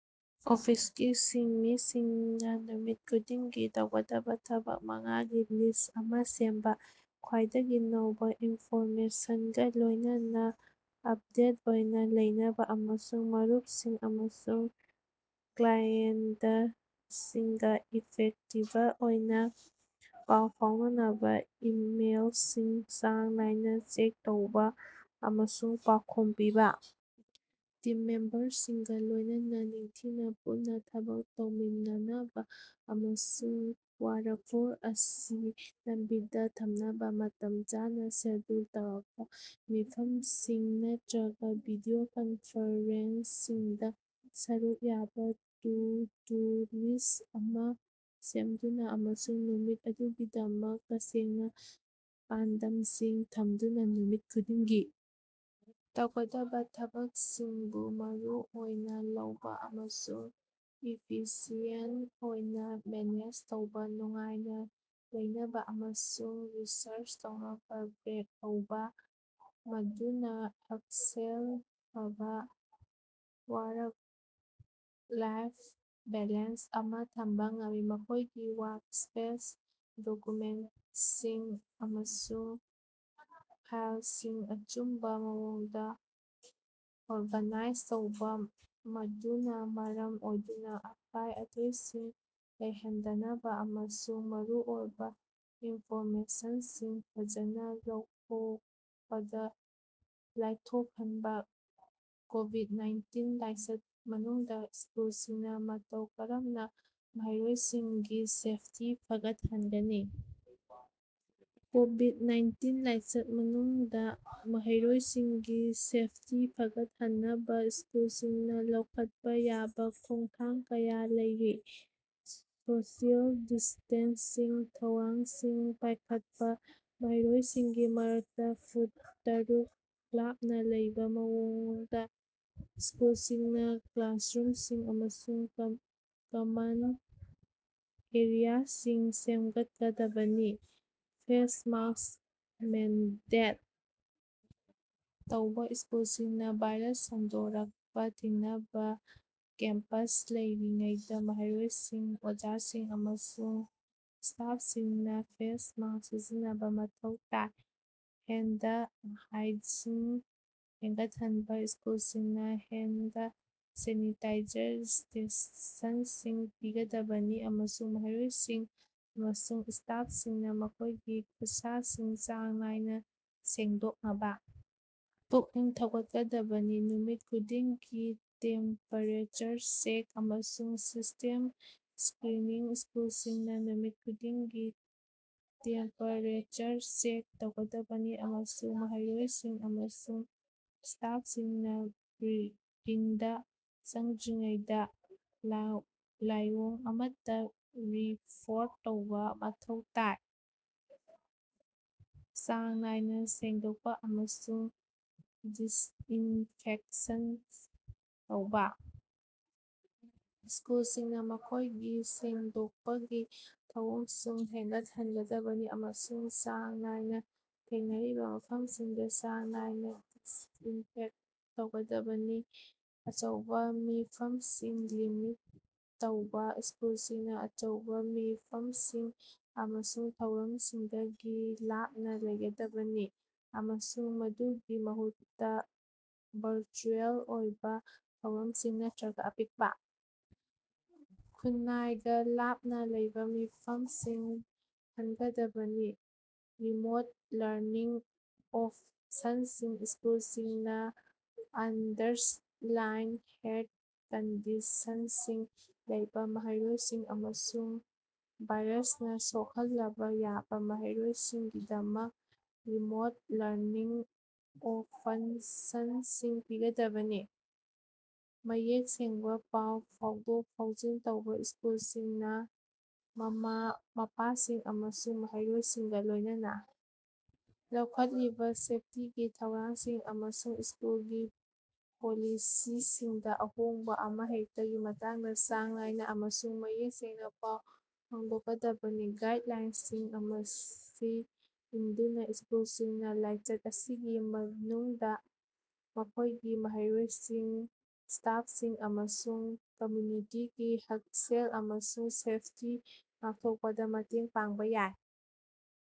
ꯑꯣꯐꯤꯁꯀꯤ ꯁꯤꯟꯃꯤꯁꯤꯡꯅ ꯅꯨꯃꯤꯠ ꯈꯨꯗꯤꯡꯒꯤ ꯇꯧꯒꯗꯕ ꯊꯕꯛ ꯃꯉꯥꯒꯤ ꯂꯤꯁ꯭ꯠ ꯑꯃ ꯁꯦꯝꯕ꯫ ꯈ꯭ꯋꯥꯏꯗꯒꯤ ꯅꯧꯕ ꯏꯟꯐꯣꯔꯃꯦꯁꯟꯒ ꯂꯣꯏꯅꯅ ꯑꯞꯗꯦꯠ ꯑꯣꯏꯅ ꯂꯩꯅꯕ ꯑꯃꯁꯨꯡ ꯃꯔꯨꯞꯁꯤꯡ ꯑꯃꯁꯨꯡ ꯀ꯭ꯂꯥꯏꯑꯦꯟꯇꯁꯤꯡꯒ ꯏꯐꯦꯛꯇꯤꯕ ꯑꯣꯏꯅ ꯄꯥꯎ ꯐꯥꯎꯅꯅꯕ ꯏꯃꯦꯜꯁꯤꯡ ꯆꯥꯡ ꯅꯥꯏꯅ ꯆꯦꯛ ꯇꯧꯕ ꯑꯃꯁꯨꯡ ꯄꯥꯎꯈꯨꯝ ꯄꯤꯕ꯫ ꯇꯤꯝ ꯃꯦꯝꯕꯔꯁꯤꯡꯒ ꯂꯣꯏꯅꯅ ꯅꯤꯡꯊꯤꯅ ꯄꯨꯟꯅ ꯊꯕꯛ ꯇꯧꯃꯤꯟꯅꯅꯕ ꯑꯃꯁꯨꯡ ꯋꯥꯔꯛꯐ꯭ꯂꯣ ꯑꯁꯤ ꯂꯝꯕꯤꯗ ꯊꯝꯅꯕ ꯃꯇꯝ ꯆꯥꯅ ꯁꯦꯗ꯭ꯌꯨꯜ ꯇꯧꯔꯕ ꯃꯤꯐꯝꯁꯤꯡ ꯅꯠꯇ꯭ꯔꯒ ꯚꯤꯗꯤꯑꯣ ꯀꯟꯐꯔꯦꯟꯁꯁꯤꯡꯗ ꯁꯔꯨꯛ ꯌꯥꯕ꯫ ꯇꯨ-ꯗꯨ-ꯂꯤꯁ꯭ꯠ ꯑꯃ ꯁꯦꯝꯗꯨꯅ ꯑꯃꯁꯨꯡ ꯅꯨꯃꯤꯠ ꯑꯗꯨꯒꯤꯗꯃꯛ ꯇꯁꯦꯡꯕ ꯄꯥꯟꯗꯝꯁꯤꯡ ꯊꯝꯗꯨꯅ ꯅꯨꯃꯤꯠ ꯈꯨꯗꯤꯡꯒꯤ ꯇꯧꯒꯗꯕ ꯊꯕꯛꯁꯤꯡꯕꯨ ꯃꯔꯨ ꯑꯣꯏꯅ ꯂꯧꯕ ꯑꯃꯁꯨꯡ ꯏꯐꯤꯁꯤꯌꯦꯟꯇ ꯑꯣꯏꯅ ꯃꯦꯅꯦꯖ ꯇꯧꯕ꯫ ꯅꯨꯡꯉꯥꯏꯅ ꯂꯩꯅꯕ ꯑꯃꯁꯨꯡ ꯔꯤꯆꯥꯔꯖ ꯇꯧꯅꯕ ꯕ꯭ꯔꯦꯛ ꯂꯧꯕ, ꯃꯗꯨꯅ ꯍꯛꯁꯦꯜ ꯐꯕ ꯋꯥꯔꯛ-ꯂꯥꯏꯐ ꯕꯦꯂꯦꯟꯁ ꯑꯃ ꯊꯝꯕ ꯉꯝꯃꯤ꯫ ꯃꯈꯣꯏꯒꯤ ꯋꯥꯔꯛꯁ꯭ꯄꯦꯁ, ꯗꯣꯀ꯭ꯌꯨꯃꯦꯟꯇꯁꯤꯡ ꯑꯃꯁꯨꯡ ꯐꯥꯏꯜꯁꯤꯡ ꯑꯆꯨꯝꯕ ꯃꯑꯣꯡꯗ ꯑꯣꯔꯒꯅꯥꯏꯖ ꯇꯧꯕ, ꯃꯗꯨꯅ ꯃꯔꯝ ꯑꯣꯏꯗꯨꯅ ꯑꯀꯥꯏ-ꯑꯇꯣꯏꯁꯤꯡ ꯂꯩꯍꯟꯗꯅꯕ ꯑꯃꯁꯨꯡ ꯃꯔꯨꯑꯣꯏꯕ ꯏꯟꯐꯣꯔꯃꯦꯁꯟꯁꯤꯡ ꯐꯖꯅ ꯂꯧꯊꯣꯛꯄꯗ ꯂꯥꯏꯊꯣꯛꯍꯟꯕ꯫ ꯀꯣꯕꯤꯗ-ꯅꯥꯏꯟꯇꯤꯟ ꯂꯥꯏꯆꯠ ꯃꯅꯨꯡꯗ ꯁ꯭ꯀꯨꯜꯁꯤꯡꯅ ꯃꯇꯧ ꯀꯔꯝꯅ ꯃꯍꯩꯔꯣꯏꯁꯤꯡꯒꯤ ꯁꯦꯐꯇꯤ ꯐꯒꯠꯍꯟꯒꯅꯤ? ꯀꯣꯕꯤꯗ- ꯅꯥꯏꯟꯇꯤꯟ ꯂꯥꯏꯆꯠ ꯃꯅꯨꯡꯗ ꯃꯍꯩꯔꯣꯏꯁꯤꯡꯒꯤ ꯁꯦꯐꯇꯤ ꯐꯒꯠꯍꯟꯅꯕ ꯁ꯭ꯀꯨꯜꯁꯤꯡꯅ ꯂꯧꯈꯠꯄ ꯌꯥꯕ ꯈꯣꯡꯊꯥꯡ ꯀꯌꯥ ꯂꯩꯔꯤ: ꯁꯣꯁꯤꯑꯦꯜ ꯗꯤꯁꯇꯦꯟꯁꯤꯡꯒꯤ ꯊꯧꯔꯥꯡꯁꯤꯡ ꯄꯥꯏꯈꯠꯄ: ꯃꯍꯩꯔꯣꯏꯁꯤꯡꯒꯤ ꯃꯔꯛꯇ ꯐꯨꯠ ꯇꯔꯨꯛ ꯂꯥꯞꯅ ꯂꯩꯕ ꯃꯑꯣꯡꯗ ꯁ꯭ꯀꯨꯜꯁꯤꯡꯅ ꯀ꯭ꯂꯥꯁꯔꯨꯝꯁꯤꯡ ꯑꯃꯁꯨꯡ ꯀꯃꯟ ꯑꯦꯔꯤꯌꯥꯁꯤꯡ ꯁꯦꯝꯒꯠꯀꯗꯕꯅꯤ꯫ ꯐꯦꯁ ꯃꯥꯁ꯭ꯛ ꯃꯦꯟꯗꯦꯠ ꯇꯧꯕꯥ: ꯁ꯭ꯀꯨꯜꯁꯤꯡꯅ ꯚꯥꯏꯔꯁ ꯁꯟꯗꯣꯔꯛꯄ ꯊꯤꯡꯅꯕ ꯀꯦꯝꯄꯁꯇ ꯂꯩꯔꯤꯉꯩꯗ ꯃꯍꯩꯔꯣꯏꯁꯤꯡ, ꯑꯣꯖꯥꯁꯤꯡ, ꯑꯃꯁꯨꯡ ꯁ꯭ꯇꯥꯐꯁꯤꯡꯅ ꯐꯦꯁ ꯃꯥꯁ꯭ꯛ ꯁꯤꯖꯤꯟꯅꯕ ꯃꯊꯧ ꯇꯥꯏ꯫ ꯍꯦꯟꯗ ꯍꯥꯏꯖꯤꯟ ꯍꯦꯟꯒꯠꯍꯟꯕ: ꯁ꯭ꯀꯨꯜꯁꯤꯡꯅ ꯍꯦꯟꯗ ꯁꯦꯅꯤꯇꯥꯏꯖꯔ ꯁ꯭ꯇꯦꯁꯟꯁꯤꯡ ꯄꯤꯒꯗꯕꯅꯤ ꯑꯃꯁꯨꯡ ꯃꯍꯩꯔꯣꯏꯁꯤꯡ ꯑꯃꯁꯨꯡ ꯁ꯭ꯇꯥꯐꯁꯤꯡꯅ ꯃꯈꯣꯏꯒꯤ ꯈꯨꯠꯁꯥꯁꯤꯡ ꯆꯥꯡ ꯅꯥꯏꯅ ꯁꯦꯡꯗꯣꯛꯅꯕ ꯄꯨꯛꯅꯤꯡ ꯊꯧꯒꯠꯀꯗꯕꯅꯤ꯫ ꯅꯨꯃꯤꯠ ꯈꯨꯗꯤꯡꯒꯤ ꯇꯦꯝꯄꯦꯔꯦꯆꯔ ꯆꯦꯛ ꯑꯃꯁꯨꯡ ꯁꯤꯝꯇꯝ ꯁ꯭ꯀꯔꯤꯅꯤꯡ: ꯁ꯭ꯀꯨꯜꯁꯤꯡꯅ ꯅꯨꯃꯤꯠ ꯈꯨꯗꯤꯡꯒꯤ ꯇꯦꯝꯄꯦꯔꯦꯆꯔ ꯆꯦꯛ ꯇꯧꯒꯗꯕꯅꯤ ꯑꯃꯁꯨꯡ ꯃꯍꯩꯔꯣꯏꯁꯤꯡ ꯑꯃꯁꯨꯡ ꯁ꯭ꯇꯥꯐꯁꯤꯡꯅ ꯕꯤꯜꯗꯤꯡꯗ ꯆꯪꯗ꯭ꯔꯤꯉꯩꯗ ꯂꯥꯏꯑꯣꯡ ꯑꯃꯠꯇ ꯔꯤꯄꯣꯔꯠ ꯇꯧꯕ ꯃꯊꯧ ꯇꯥꯏ꯫ ꯆꯥꯡ ꯅꯥꯏꯅ ꯁꯦꯡꯗꯣꯛꯄ ꯑꯃꯁꯨꯡ ꯗꯤꯁꯏꯟꯐꯦꯛꯁꯟ ꯇꯧꯕ: ꯁ꯭ꯀꯨꯜꯁꯤꯡꯅ ꯃꯈꯣꯏꯒꯤ ꯁꯦꯡꯗꯣꯛꯄꯒꯤ ꯊꯧꯑꯣꯡꯁꯤꯡ ꯍꯦꯟꯒꯠꯍꯟꯒꯗꯕꯅꯤ ꯑꯃꯁꯨꯡ ꯆꯥꯡ ꯅꯥꯏꯅ ꯊꯦꯡꯅꯔꯤꯕ ꯃꯐꯝꯁꯤꯡꯗ ꯆꯥꯡ ꯅꯥꯏꯅ ꯗꯤꯁꯏꯟꯐꯦꯛꯇ ꯇꯧꯒꯗꯕꯅꯤ꯫ ꯑꯆꯧꯕ ꯃꯤꯐꯝꯁꯤꯡ ꯂꯤꯃꯤꯠ ꯇꯧꯕ: ꯁ꯭ꯀꯨꯜꯁꯤꯡꯅ ꯑꯆꯧꯕ ꯃꯤꯐꯝꯁꯤꯡ ꯑꯃꯁꯨꯡ ꯊꯧꯔꯝꯁꯤꯡꯗꯒꯤ ꯂꯥꯞꯅ ꯂꯩꯒꯗꯕꯅꯤ, ꯑꯃꯁꯨꯡ ꯃꯗꯨꯒꯤ ꯃꯍꯨꯠꯇ ꯚꯔꯆꯨꯑꯦꯜ ꯑꯣꯏꯕ ꯊꯧꯔꯝꯁꯤꯡ ꯅꯠꯇ‌꯭ꯔꯒ ꯑꯄꯤꯛꯄ, ꯈꯨꯟꯅꯥꯏꯒ ꯂꯥꯞꯅ ꯂꯩꯕ ꯃꯤꯐꯝꯁꯤꯡ ꯈꯟꯒꯗꯕꯅꯤ꯫ ꯔꯤꯃꯣꯠ ꯂꯔꯅꯤꯡ ꯑꯣꯞꯁꯟꯁꯤꯡ: ꯁ꯭ꯀꯨꯜꯁꯤꯡꯅ ꯑꯟꯗꯔꯂꯥꯏꯟ ꯍꯦꯜꯊ ꯀꯟꯗꯤꯁꯟꯁꯤꯡ ꯂꯩꯕ ꯃꯍꯩꯔꯣꯏꯁꯤꯡ ꯅꯠꯇ‌꯭ꯔꯒ ꯚꯥꯏꯔꯁꯅ ꯁꯣꯛꯍꯜꯂꯕ ꯌꯥꯕ ꯃꯍꯩꯔꯣꯏꯁꯤꯡꯒꯤꯗꯃꯛ ꯔꯤꯃꯣꯠ ꯂꯔꯅꯤꯡ ꯑꯣꯄꯡꯞꯁꯟꯁꯤꯡ ꯄꯤꯒꯗꯕꯅꯤ꯫ ꯃꯌꯦꯛ ꯁꯦꯡꯕ ꯄꯥꯎ ꯐꯥꯎꯗꯣꯛ-ꯐꯥꯎꯖꯤꯟ ꯇꯧꯕ: ꯁ꯭ꯀꯨꯜꯁꯤꯡꯅ ꯃꯃꯥ-ꯃꯄꯥꯁꯤꯡ ꯑꯃꯁꯨꯡ ꯃꯍꯩꯔꯣꯏꯁꯤꯡꯒ ꯂꯣꯏꯅꯅ ꯂꯧꯈꯠꯂꯤꯕ ꯁꯦꯐꯇꯤꯒꯤ ꯊꯧꯔꯥꯡꯁꯤꯡ ꯑꯃꯁꯨꯡ ꯁ꯭ꯀꯨꯜꯒꯤ ꯄꯣꯂꯤꯁꯤꯁꯤꯡꯗ ꯑꯍꯣꯡꯕ ꯑꯃꯍꯦꯛꯇꯒꯤ ꯃꯇꯥꯡꯗ ꯆꯥꯡ ꯅꯥꯏꯅ ꯑꯃꯁꯨꯡ ꯃꯌꯦꯛ ꯁꯦꯡꯅ ꯄꯥꯎ ꯐꯥꯎꯗꯣꯛꯀꯗꯕꯅꯤ꯫ ꯒꯥꯏꯗꯂꯥꯏꯟꯁꯤꯡ ꯑꯁꯤ ꯏꯟꯗꯨꯅ ꯁ꯭ꯀꯨꯜꯁꯤꯡꯅ ꯂꯥꯏꯆꯠ ꯑꯁꯤꯒꯤ ꯃꯅꯨꯡꯗ ꯃꯈꯣꯏꯒꯤ ꯃꯍꯩꯔꯣꯏꯁꯤꯡ, ꯁ꯭ꯇꯥꯐꯁꯤꯡ ꯑꯃꯁꯨꯡ ꯀꯝꯃ꯭ꯌꯨꯅꯤꯇꯤꯒꯤ ꯍꯛꯁꯦꯜ ꯑꯃꯁꯨꯡ ꯁꯦꯐꯇꯤ ꯉꯥꯛꯊꯣꯛꯄꯗ ꯃꯇꯦꯡ ꯄꯥꯡꯕ ꯌꯥꯏ꯫